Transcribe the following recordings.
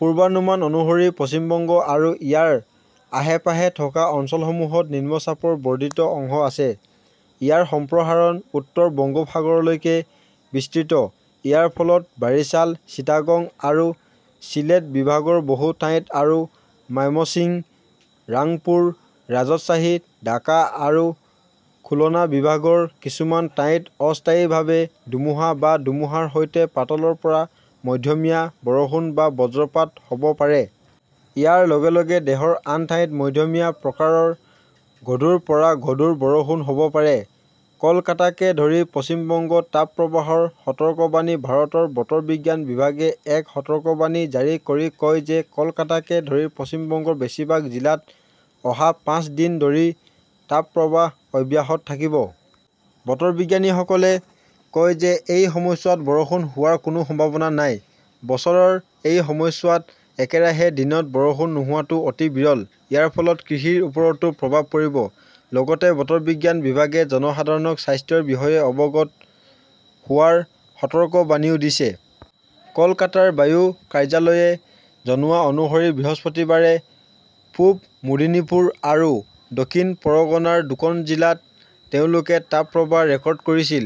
পূৰ্বানুমান অনুসৰি, পশ্চিম বংগ আৰু ইয়াৰ আশে-পাশে থকা অঞ্চলসমূহত নিম্নচাপৰ বৰ্ধিত অংশ আছে। ইয়াৰ সম্প্ৰসাৰণ উত্তৰ বংগোপসাগৰলৈকে বিস্তৃত। ইয়াৰ ফলত বাৰিছাল, চিটাগং আৰু চিলেট বিভাগৰ বহু ঠাইত আৰু মাইমশ্বিং, ৰাংপুৰ, ৰাজশ্বাহী, ঢাকা আৰু খুলনা বিভাগৰ কিছুমান ঠাইত অস্থায়ীভাৱে ধুমুহা বা ধুমুহাৰ সৈতে পাতলৰ পৰা মধ্যমীয়া বৰষুণ বা বজ্ৰপাত হ'ব পাৰে। ইয়াৰ লগে লগে দেশৰ আন ঠাইত মধ্যমীয়া প্ৰকাৰৰ গধুৰ পৰা গধুৰ বৰষুণ হʼব পাৰে। কলকাতাকে ধৰি পশ্চিম বংগত তাপপ্ৰবাহৰ সতৰ্কবাণী ভাৰতৰ বতৰ বিজ্ঞান বিভাগে এক সতৰ্কবাণী জাৰি কৰি কয় যে কলকাতাকে ধৰি পশ্চিম বংগৰ বেছিভাগ জিলাত অহা পাঁচ দিন ধৰি তাপপ্ৰবাহ অব্যাহত থাকিব। বতৰ বিজ্ঞানীসকলে কয় যে এই সময়ছোৱাত বৰষুণ হোৱাৰ কোনো সম্ভাৱনা নাই। বছৰৰ এই সময়ছোৱাত একেৰাহে দিনত বৰষুণ নোহোৱাটো অতি বিৰল। ইয়াৰ ফলত কৃষিৰ ওপৰতো প্ৰভাৱ পৰিব, লগতে বতৰ বিজ্ঞান বিভাগে জনসাধাৰণক স্বাস্থ্যৰ বিষয়ে অৱগত হোৱাৰ সতৰ্কবাণীও দিছে। কলকাতাৰ বায়ু কাৰ্যালয়ে জনোৱা অনুসৰি বৃহস্পতিবাৰে পূৱ মেদিনীপুৰ আৰু দক্ষিণ পৰগনাৰ দুখন জিলাত তেওঁলোকে তাপপ্ৰবাহ ৰেকৰ্ড কৰিছিল।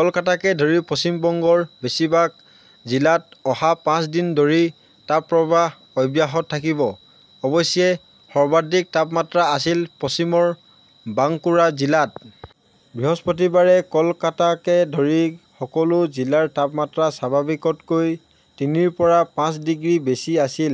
কলকাতাকে ধৰি পশ্চিম বংগৰ বেছিভাগ জিলাত অহা পাঁচ দিন ধৰি তাপপ্ৰবাহ অব্যাহত থাকিব। অৱশ্যে, সৰ্বাধিক তাপমাত্ৰা আছিল পশ্চিমৰ বাংকুৰা জিলাত। বৃহস্পতিবাৰে কলকাতাকে ধৰি সকলো জিলাৰ তাপমাত্ৰা স্বাভাৱিকতকৈ তিনিৰ পৰা পাঁচ ডিগ্ৰী বেছি আছিল,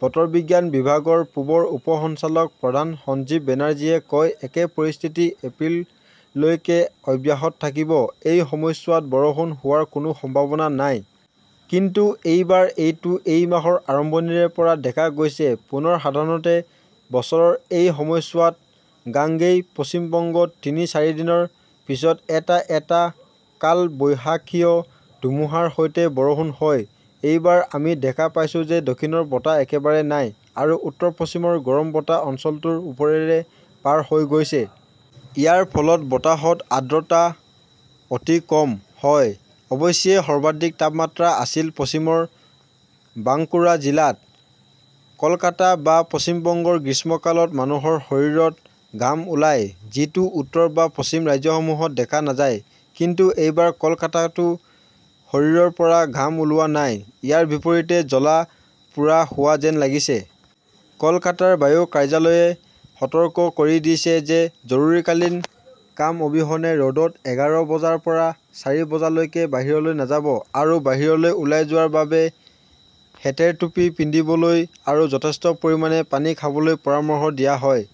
বতৰ বিজ্ঞান বিভাগৰ পূবৰ উপ সঞ্চালক প্ৰধান সঞ্জীৱ বেনাৰ্জীয়ে কয়। একে পৰিস্থিতি এপ্ৰিললৈকে অব্যাহত থাকিব। এই সময়ছোৱাত বৰষুণ হোৱাৰ কোনো সম্ভাৱনা নাই। কিন্তু এইবাৰ এইটো এই মাহৰ আৰম্ভণিৰে পৰা দেখা গৈছে। পুনৰ সাধাৰণতে বছৰৰ এই সময়ছোৱাত গাঙ্গেয় পশ্চিম বংগত তিনি-চাৰিদিনৰ পিছত এটা-এটা কালবৈশাখীয় ধুমুহাৰ সৈতে বৰষুণ হয়। এইবাৰ আমি দেখা পাইছো যে দক্ষিণৰ বতাহ একেবাৰে নাই, আৰু উত্তৰ-পশ্চিমৰ গৰম বতাহ অঞ্চলটোৰ ওপৰেৰে পাৰ হৈ গৈছে। ইয়াৰ ফলত বতাহত আৰ্দ্ৰতা অতি কম হয়। "অৱশ্যে সৰ্বাধিক তাপমাত্ৰা আছিল পশ্চিমৰ বাংকুৰা জিলাত। কলকাতা বা পশ্চিম বংগৰ গ্ৰীষ্মকালত মানুহৰ শৰীৰত ঘাম ওলায়, যিটো উত্তৰ বা পশ্চিম ৰাজ্যসমূহত দেখা নাযায়। কিন্তু এইবাৰ কলকাতাতো শৰীৰৰ পৰা ঘাম ওলোৱা নাই, ইয়াৰ বিপৰীতে জ্বলা-পোৰা হোৱা যেন লাগিছে। কলকাতাৰ বায়ু কাৰ্যালয়ে সতৰ্ক কৰি দিছে যে জৰুৰীকালীন কাম অবিহনে ৰ'দত এঘাৰ বজাৰ পৰা চাৰি বজালৈকে বাহিৰলৈ নাযাব। আৰু বাহিৰলৈ ওলাই যোৱাৰ বাবে হেটেৰ টুপী পিন্ধিবলৈ আৰু যথেষ্ট পৰিমাণে পানী খাবলৈ পৰামৰ্শ দিয়া হয়।